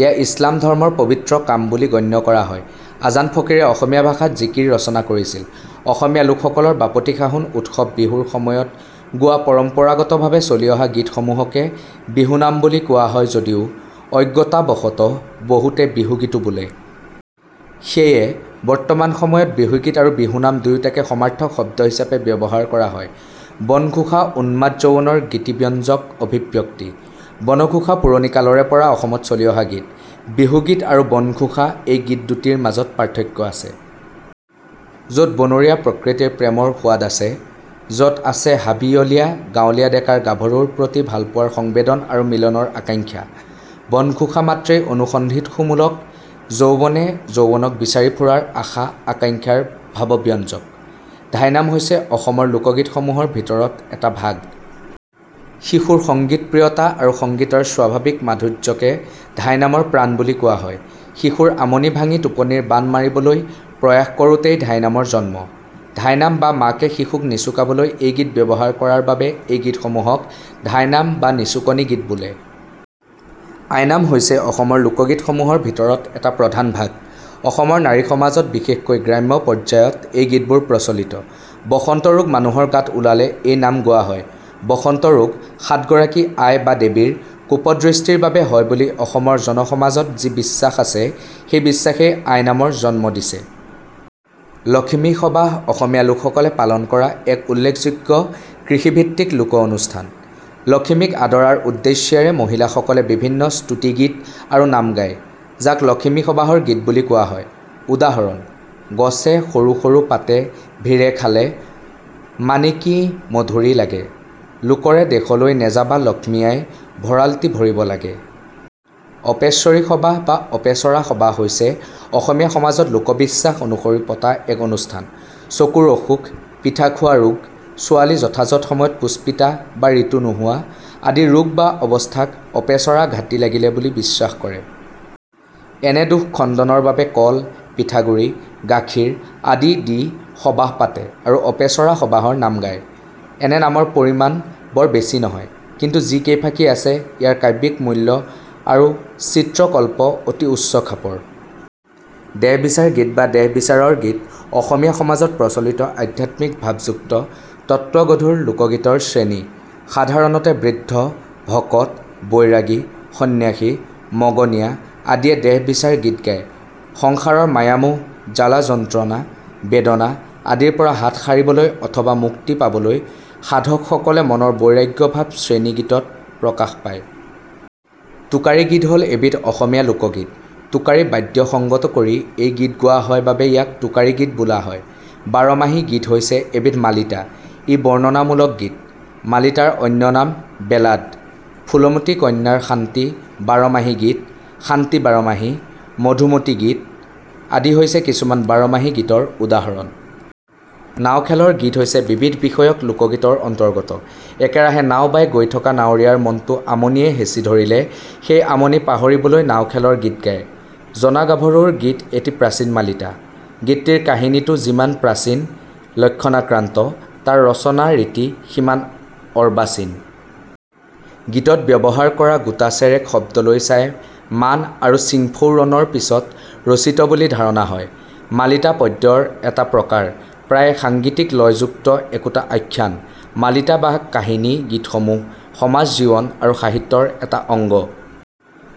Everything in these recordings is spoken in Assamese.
এয়া ইছলাম ধৰ্ম ৰ পবিত্ৰ কাম বুলি গণ্য কৰা হয়। আজান ফকীৰে অসমীয়া ভাষা ত জিকিৰ ৰচনা কৰিছিল। অসমীয়া লোকসকলৰ বাপতিসাহোন উৎসৱ বিহুৰ সময়ত গোৱা পৰম্পৰাগতভাৱে চলি অহা গীতসমূহকে বিহুনাম বুলি কোৱা হয় যদিও অজ্ঞতাবশতঃ বহুতে বিহুগীতো বোলে। সেয়ে, বৰ্তমান সময়ত বিহুগীত আৰু বিহুনাম দুয়োটাকে সমাৰ্থক শব্দ হিচাপে ব্যৱহাৰ কৰা হয়। বনঘোষা উন্মাদ যৌৱনৰ গীতিব্যঞ্জক অভিব্যক্তি। বনঘোষা পুৰণি কালৰে পৰা অসমত চলি অহা গীত। বিহুগীত আৰু বনঘোষা এই গীত দুটিৰ মাজত পাৰ্থক্য আছে। য'ত বনৰীয়া প্ৰকৃতিৰ প্ৰেমৰ সোৱাদ আছে; যত আছে হাবিয়লীয়া গাঁৱলীয়া ডেকাৰ গাভৰুৰ প্ৰতি ভালপোৱাৰ সংবেদন আৰু মিলনৰ আকাংক্ষা। বনঘোষা মাত্ৰেই অনুসন্ধিৎসুমুলক; যৌৱনে যৌৱনক বিচাৰি ফুৰাৰ আশা আকাংক্ষাৰ ভাবব্যঞ্জক। ধাইনাম হৈছে অসমৰ লোকগীতসমূহৰ ভিতৰত এটা ভাগ। শিশুৰ সংগীতপ্ৰিয়তা আৰু সংগীতৰ স্বাভাৱিক মাধুৰ্যকে ধাইনামৰ প্ৰাণ বুলি কোৱা হয়। শিশুৰ আমনি ভাঙি টোপনিৰ বাণ মাৰিবলৈ প্ৰয়াস কৰোঁতেই ধাইনামৰ জন্ম। ধাইনাম বা মাকে শিশুক নিচুকাবলৈ এই গীত ব্যৱহাৰ কৰাৰ বাবে এই গীতসমূহক ধাইনাম বা নিচুকনি গীত বোলে। আইনাম হৈছে অসমৰ লোকগীত সমূহৰ ভিতৰত এটা প্ৰধান ভাগ। অসমৰ নাৰী সমাজত বিশেষকৈ গ্ৰাম্য পৰ্যায়ত এই গীতবোৰ প্ৰচলিত। বসন্ত ৰোগ মানুহৰ গাত ওলালে এই নাম গোৱা হয়। বসন্ত ৰোগ 'সাত গৰাকী আই বা দেৱীৰ' কোপদৃষ্টিৰ বাবে হয় বুলি অসমৰ জনসমাজত যি বিশ্বাস আছে, সেই বিশ্বাসেই আইনামৰ জন্ম দিছে। লখিমী সবাহ অসমীয়া লোকসকলে পালন কৰা এক উল্লেখযোগ্য কৃষিভিত্তিক লোক-অনুষ্ঠান। লখিমীক আদৰাৰ উদ্দেশ্যেৰে মহিলাসকলে বিভিন্ন স্তুতি গীত আৰু নাম গায়, যাক লখিমী সবাহৰ গীত বুলি কোৱা হয়। উদাহৰণ: গছে সৰু সৰু পাতে ভিৰে খালে মাণিকীমধুৰী লাগে; লোকৰে দেশলৈ নেযাবা লক্ষ্মী আই ভঁৰালটি ভৰিব লাগে। অপেশ্বৰী সবাহ বা অপেচৰা সবাহ হৈছে অসমীয়া সমাজত লোকবিশ্বাস অনুসৰি পতা এক অনুষ্ঠান। চকুৰ অসুখ, পিঠাখোৱা ৰোগ, ছোৱালী যথাযথ সময়ত পুষ্পিতা বা ঋতু নোহোৱা আদি ৰোগ বা অৱস্থাক অপেচৰা ঘাটি লাগিলে বুলি বিশ্বাস কৰে। এনে দোষ খণ্ডনৰ বাবে কল, পিঠাগুৰি, গাখীৰ আদি দি সবাহ পাতে আৰু অপেচৰা সবাহৰ নাম গায়। এনে নামৰ পৰিমাণ বৰ বেছি নহয়; কিন্তু যি কেইফাকি আছে ইয়াৰ কাব্যিক মূল্য আৰু চিত্ৰ-কল্প অতি উচ্চ খাপৰ। দেহ বিচাৰ গীত বা দেহবিচাৰৰ গীত অসমীয়া সমাজত প্ৰচলিত আধ্যাত্মিক ভাবযুক্ত তত্ত্বগধুৰ লোকগীতৰ শ্ৰেণী। সাধাৰণতে বৃদ্ধ, ভকত, বৈৰাগী, সন্ন্যাসী, মগনীয়া আদিয়ে দেহ বিচাৰ গীত গায়। সংসাৰৰ মায়া-মোহ, জ্বালা-যন্ত্ৰণা, বেদনা আদিৰ পৰা হাত সাৰিবলৈ অথবা মুক্তি পাবলৈ সাধকসকলে মনৰ বৈৰাগ্য ভাব শ্ৰেণী গীতত প্ৰকাশ পায়। টোকাৰী গীত হ'ল এবিধ অসমীয়া লোকগীত। টোকাৰী বাদ্য সংগত কৰি এই গীত গোৱা হয় বাবে ইয়াক টোকাৰী গীত বোলা হয়। বাৰমাহী গীত হৈছে এবিধ মালিতা। ই বৰ্ণনামূলক গীত। মালিতাৰ অন্য নাম বেলাড। 'ফুলমতী কন্যাৰ শান্তি বাৰমাহী গীত', 'শান্তি বাৰমাহী', 'মধুমতী গীত' আদি হৈছে কিছুমান বাৰমাহী গীতৰ উদাহৰণ। নাও খেলৰ গীত হৈছে বিবিধ বিষয়ক লোকগীতৰ অন্তৰ্গত। একেৰাহে নাও বাই গৈ থকা নাৱৰীয়াৰ মনটো আমনিয়ে হেঁচি ধৰিলে সেই আমনি পাহৰিবলৈ নাও খেলৰ গীত গায়। জনা গাভৰুৰ গীত এটি প্ৰাচীন মালিতা। গীতটিৰ কাহিনীটো যিমান প্ৰাচীন লক্ষণাক্ৰান্ত, তাৰ ৰচনা-ৰীতি সিমান অৰ্বাচীন। গীতত ব্যৱহাৰ হোৱা গোটাচেৰেক শব্দলৈ চাই মান আৰু চিংফৌ ৰণৰ পিছত ৰচিত বুলি ধাৰণা হয়। মালিতা পদ্যৰ এটা প্ৰকাৰ, প্ৰায়ে সাংগীতিক লয়যুক্ত একোটা আখ্যান। মালিতা বা কাহিনী-গীতসমূহ সমাজ জীৱন আৰু সাহিত্যৰ এটা অঙ্গ।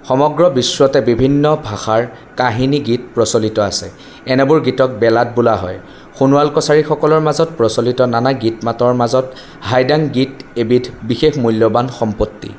সমগ্ৰ বিশ্বতে বিভিন্ন ভাষাৰ কাহিনী-গীত প্ৰচলিত আছে। এনেবোৰ গীতক বেলাড বোলা হয়। সোণোৱাল কছাৰী সকলৰ মাজত প্ৰচলিত নানা গীত-মাতৰ মাজত হাইদাং গীত এবিধ বিশেষ মূল্যবান সম্পত্তি।